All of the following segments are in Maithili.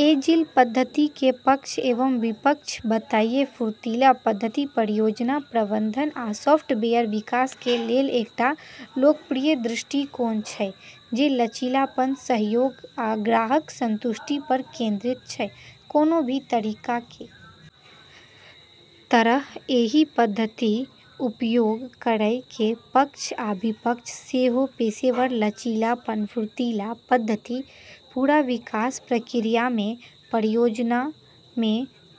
एजिल पद्धति के पक्ष एवं विपक्ष बताइए फुर्तीला पद्धति परियोजना प्रबंधन आ सॉफ्टवेयर विकास कें लेल एकटा लोकप्रिय दृष्टिकोण छै जे लचीलापन, सहयोग आ ग्राहक संतुष्टि पर केंद्रित छै, कोनो भी तरीका के तरह एहि पद्धति के उपयोग करय के पक्ष आ विपक्ष सेहो अछि, पेशेवर लचीलापन फुर्तीला पद्धति पूरा विकास प्रक्रिया मे परियोजना मे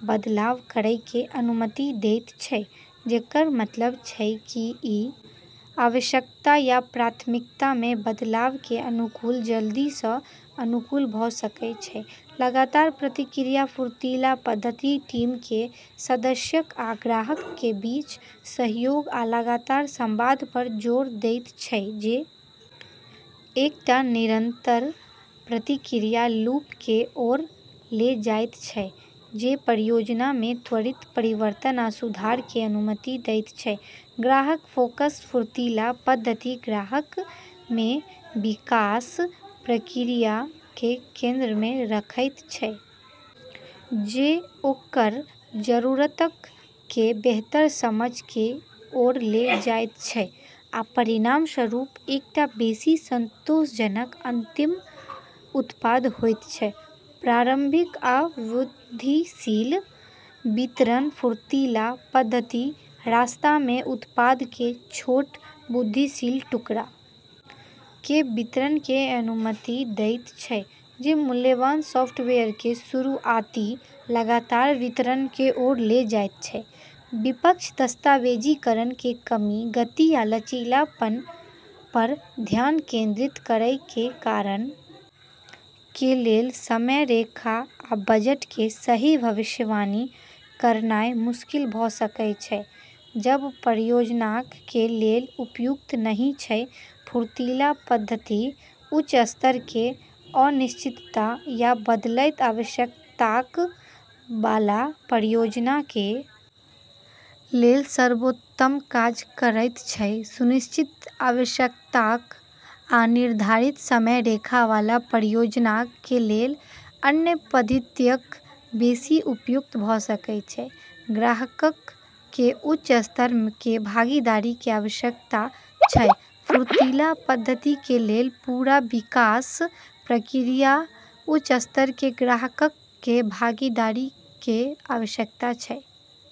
बदलाव करय कें अनुमति देयत छै जेकर मतलब छै की इ आवश्यकताक या प्राथमिकता मे बदलाव कें अनुकूल जल्दी सं अनुकूल भ सकय छै, लगातार प्रतिक्रिया फुर्तीला पद्धति टीम कें सदस्यक आ ग्राहक कें बीच सहयोग आ लगातार संवाद पर जोर देयत छै जे एकटा निरंतर प्रतिक्रिया लूप कें ओर ले जायत छै जे परियोजना मे त्वरित परिवर्तन आ सुधार कें अनुमति देयत छै, ग्राहक फोकस फुर्तीला पद्धति ग्राहक कें विकास प्रक्रिया कें केंद्र मे रखयत छै जे ओकर जरूरतक कें बेहतर समझ कें ओर ले जायत छै आ परिणामस्वरूप एकटा बेसि संतोषजनक अंतिम उत्पाद होयत छै, प्रारंभिक आ वृद्धिशील वितरण फुर्तीला पद्धति रास्ता मे उत्पाद कें छोट, वृद्धिशील टुकड़ा कें वितरण कें अनुमति देयत छै जे मूल्यवान सॉफ्टवेयर कें शुरु आती आ लगातार वितरण कें ओर ले जायत छै, विपक्ष दस्तावेजीकरण कें कमी गति आ लचीलापन पर ध्यान केंद्रित करय कें कारण कें लेल समय रेखा आ बजट कें सही भविष्यवाणी करनाय मुश्किल भ सकय छै, सब परियोजनाक कें लेल उपयुक्त नहि छै, फुर्तीला पद्धति उच्च स्तर कें अनिश्चितता या बदलैत आवश्यकताक वाला परियोजनाक कें लेल सर्वोत्तम काज करयत छै, सुनिश्चित आवश्यकताक आ निर्धारित समय रेखा वाला परियोजनाक कें लेल अन्य पद्धतियक बेसि उपयुक्त भ सकय छै, ग्राहकक कें उच्च स्तर कें भागीदारी कें आवश्यकता छै फुर्तीला पद्धति कें लेल पूरा विकास प्रक्रिया मे उच्च स्तर कें ग्राहकक कें भागीदारी कें आवश्यकता छै।